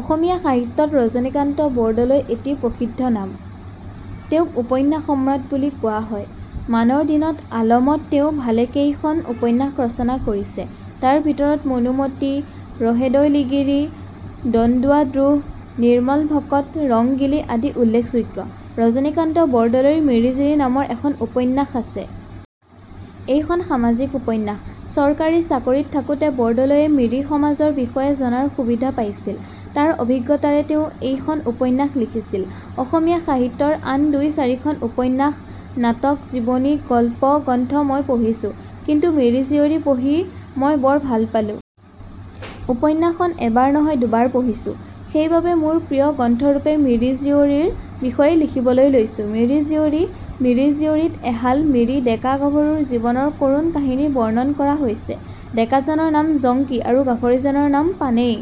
অসমীয়া সাহিত্যত ৰজনীকান্ত বৰদলৈ এটি প্ৰসিদ্ধ নাম। তেওঁক উপন্যাস সম্ৰাট বুলি কোৱা হয়। মানৰ দিনৰ আলমত তেওঁ ভালেকেইখন উপন্যাস ৰচনা কৰিছে। তাৰ ভিতৰত মনোমতী, ৰহদৈ লিগিৰী, দন্দুৱা-দ্ৰোহ, নিৰ্মল-ভকত, ৰংগিলী আদি উল্লেখযোগ্য। ৰজনীকান্ত বৰদলৈৰ "মিৰি জীয়ৰী" নামেৰে এখন উপন্যাস আছে। এইখন সামাজিক উপন্যাস। চৰকাৰী চাকৰিত থাকোতে বৰদলৈয়ে মিৰি সমাজখনৰ বিষয়ে জনাৰ সুবিধা পাইছিল। তাৰ অভিজ্ঞতাৰে তেওঁ এইখন উপন্যাস লিখিছে। অসমীয়া সাহিত্যৰ আন দুই-চাৰিখন উপন্যাস, নাটক, জীৱনী, গল্প-গ্ৰন্থ মই পঢ়িছো। কিন্তু "মিৰি জীয়ৰী" পঢ়ি মই বৰ ভাল পালো। উপন্যাসখন এবাৰ নহয় দুবাৰ পঢ়িছো। সেই বাবে মোৰ প্ৰিয় গ্ৰন্থৰূপে "মিৰি জীয়ৰী"ৰ বিষয়ে লিখিবলৈ লৈছো। মিৰি জীয়ৰী "মিৰি জীয়ৰী "ত এহাল মিৰি ডেকা-গাভৰুৰ জীৱনৰ কৰুণ কাহিনী বৰ্ণনা কৰা হৈছে। ডেকাজনৰ নাম জংকি আৰু গাভৰুজনীৰ নাম পানেই।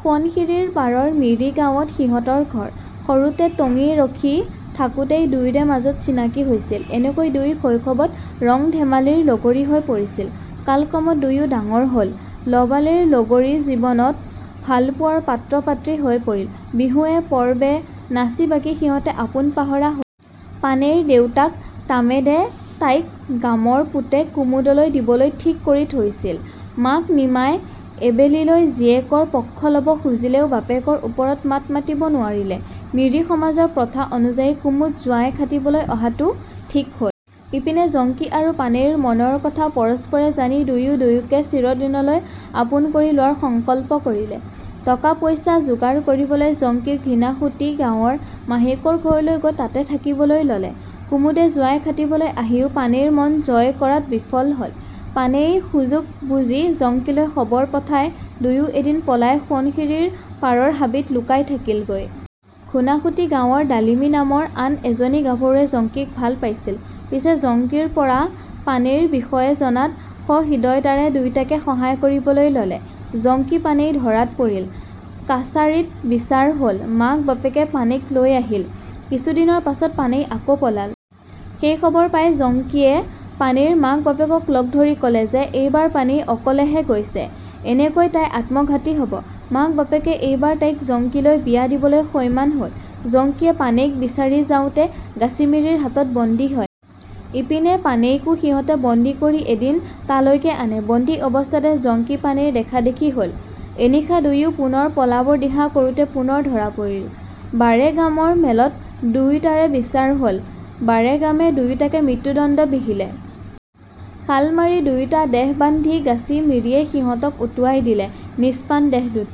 সোৱণশিৰীৰ পাৰৰ মিৰি গাঁৱত সিহঁতৰ ঘৰ। সৰুতে টঙি ৰখি থাকোতেই দুয়োৰে মাজত চিনাকি হৈছিল। এনেকৈ দুয়ো শৈশৱত ৰং-ধেমালিৰ লগৰী হৈ পৰিছিল। কালক্ৰমত দুয়ো ডাঙৰ হ'ল, ল'বালিৰ লগৰী যৌৱনত ভালপোৱাৰ পাত্ৰ-পাত্ৰী হৈ পৰিল। বিহুৱে-পৰৱে নাচি বাগি সিহঁত আপোন পাহৰা হ'ল। পানেইৰ দেউতাক তামেদে তাইক গামৰ পুতেক কুমুদলৈ দিবলৈ ঠিক কৰি থৈছিল। মাক নিমাই এবেলিলৈ জীয়েকৰ পক্ষ ল'ব খুজিলেও বাপেকৰ ওপৰত মাত মাতিব নোৱাৰিলে। মিৰি সমাজৰ প্ৰথা অনুযায়ী কুমুদ জোঁৱাই খাটিবলৈ অহাটো ঠিক হ'ল। ইপিনে জংকি আৰু পানেইৰ মনৰ কথা পৰস্পৰে জানি দুয়ো দুয়োকে চিৰদিনলৈ আপোন কৰি লোৱাৰ সংকল্প কৰিলে। টকা-পইচা যোগাৰ কৰিবলৈ জংকি ঘৃনাসুঁতি গাঁৱৰ মাহীয়েকৰ ঘৰলৈ গৈ তাতে থাকিবলৈ ললে। কুমুদে জোঁৱাই খাটিবলৈ আহিও পানেইৰ মন জয় কৰাত বিফল হ'ল, পানেয়ে সুযোগ বুজি জংকিলৈ খবৰ পঠাই দুয়ো এদিন পলাই সোৱণশিৰীৰ পাৰৰ হাবিত লুকাই থাকিলগৈ। ঘৃনাসূঁতি গাঁৱৰ ডালিমী নামৰ আন এজনী গাভৰুৱেও জংকিক ভাল পাইছিল। পিছে জংকিৰপৰা পানেইৰ বিষয়ে জনাত সহৃদয়তাৰে দুয়োটাকে সহায় কৰিবলৈ ল'লে। জংকি-পানেই ধৰা পৰিল, কাছাৰীত বিচাৰ হ'ল, মাক-বাপেকে পানেইক লৈ আহিল। কিছুদিনৰ পাছত পানেই আকৌ পলাল। সেই খবৰ পাই জংকিয়ে পানেইৰ মাক-বাপেকক লগ ধৰি ক'লে যে এইবাৰ পানেই অকলেহে গৈছে, এনেকৈ তাই আত্মঘাতী হ'ব। মাক-বাপেকে এইবাৰ তাইক জংকিলৈকে বিয়া দিবলৈ সৈমান হ'ল। জংকিয়ে পানেইক বিচাৰি যাওঁতে গাছি মিৰিৰ হাতত বন্দী হয়। ইপিনে পানেইকো সিহঁতে বন্দী কৰি এদিন তালৈকে আনে ৷ বন্দী অৱস্থাতে জংকি-পানেইৰ দেখা-দেখি হ'ল। এনিশা দুয়ো পুনৰ পলাবৰ দিহা কৰোতেই পুনৰ ধৰা পৰিল। বাৰেগামৰ মেলত দুয়োটাৰে বিচাৰ হ'ল। বাৰেগামে দুয়োটাকে মৃত্যুদণ্ড বিহিলে। শাল মাৰি দুয়োটা দেহবান্ধি গাছি মিৰিয়ে সিহঁতক উটুৱাই দিলে, নিষ্প্ৰাণ দেহ দুটা